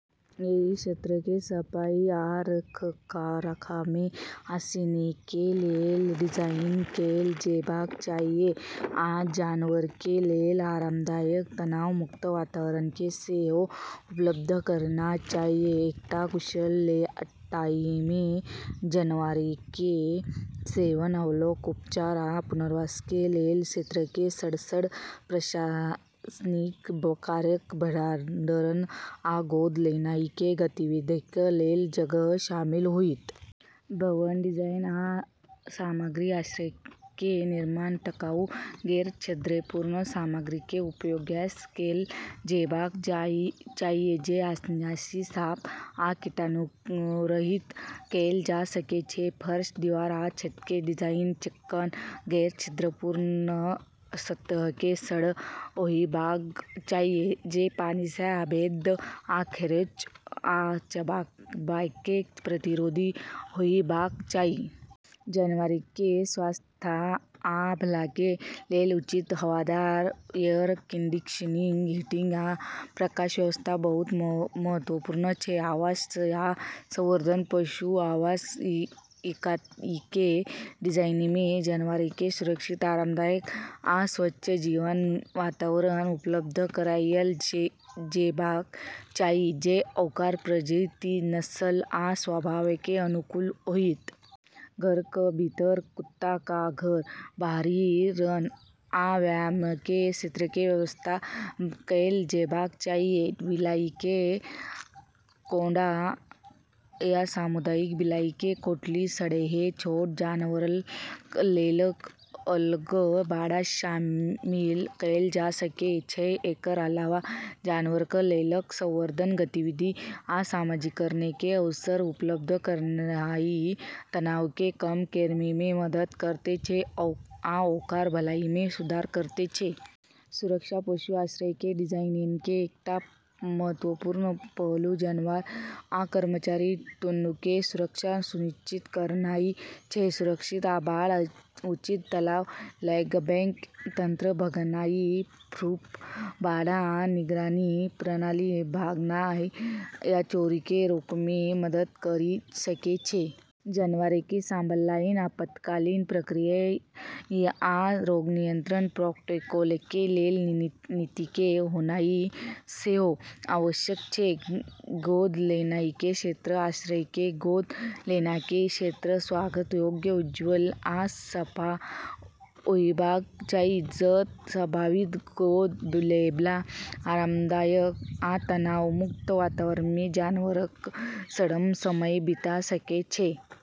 एहि क्षेत्रके सफाइ आ रखरखावमे आसानीके लेल डिजाइन कैल जेबाक चाही, आ जानवरके लेल आरामदायक, तनाव मुक्त वातावरणके सेहो उपलब्ध करेनाइ चाही। एकटा कुशल लेआउटमे जानवरके सेवन, अवलोकन, उपचार, आ पुनर्वासके लेल क्षेत्रके सङ्ग- सङ्ग प्रशासनिक कार्यक, भंडारण आ गोद लेनाइके गतिविधिके लेल जगह शामिल होइत। भवन डिजाइन आ सामग्री: आश्रयके निर्माण टिकाऊ, गैर-छिद्रपूर्ण सामग्रीके उपयोगसँ कैल जेबाक चाही जे आसानीसँ साफ आ कीटाणुरहित कैल जा सकै छै। फर्श, दीवार आ छतके डिजाइन चिक्कन, गैर-छिद्रपूर्ण सतहके सङ्ग होइबाक चाही, जे पानिसँ अभेद्य आ खरोंच आ चबाबैके प्रतिरोधी होइबाक चाही। जानवरके स्वास्थ्य आ भलाइके लेल उचित हवादार, एयर कंडीशनिंग, हीटिंग, आ प्रकाश व्यवस्था बहुत महत्वपूर्ण छै। आवास आ संवर्धन: पशु आवास इकाइके डिजाइनमे जानवरके सुरक्षित, आरामदायक आ स्वच्छ जीवन वातावरण उपलब्ध कराइल जेबाक चाही, जे ओकर प्रजाति, नस्ल आ स्वभावके अनुकूल होइत। घरक भीतर कुत्ताक घर, बाहरी रन, आ व्यायामके क्षेत्रके व्यवस्था कैल जेबाक चाही। बिलाइके कोंडो या सामुदायिक बिलाइके कोठली, सङ्गहेँ छोट जानवरक लेल अलग बाड़ा, शामिल कैल जा सकै छै। एकर अलावा, जानवरक लेल संवर्धन गतिविधि आ समाजीकरणके अवसर उपलब्ध करेनाइ तनावके कम करैमे मदद करैत छै आ ओकर भलाइमे सुधार करैत छै। सुरक्षा: पशु आश्रयके डिजाइनके एकटा महत्वपूर्ण पहलू जानवर आ कर्मचारी दुन्नूके सुरक्षा सुनिश्चित करनाइ छै। सुरक्षित बाड़, उचित ताला लगाबैके तंत्र, भागनाइ -प्रूफ बाड़ा, आ निगरानी प्रणाली भागनाइ या चोरीके रोकैमे मदद करि सकै छै। जानवरके संभालनाइ, आपातकालीन प्रक्रिया, आ रोग नियंत्रण प्रोटोकॉलके लेल नीतिके होनाइ सेहो आवश्यक छै। गोद लेनाइके क्षेत्र: आश्रयके गोद लेनाइके क्षेत्र स्वागत योग्य, उज्ज्वल आ साफ होइबाक चाही, जत' संभावित गोद लैबला आरामदायक आ तनाव मुक्त वातावरणमे जानवरक सङ्ग समय बिता सकै छै।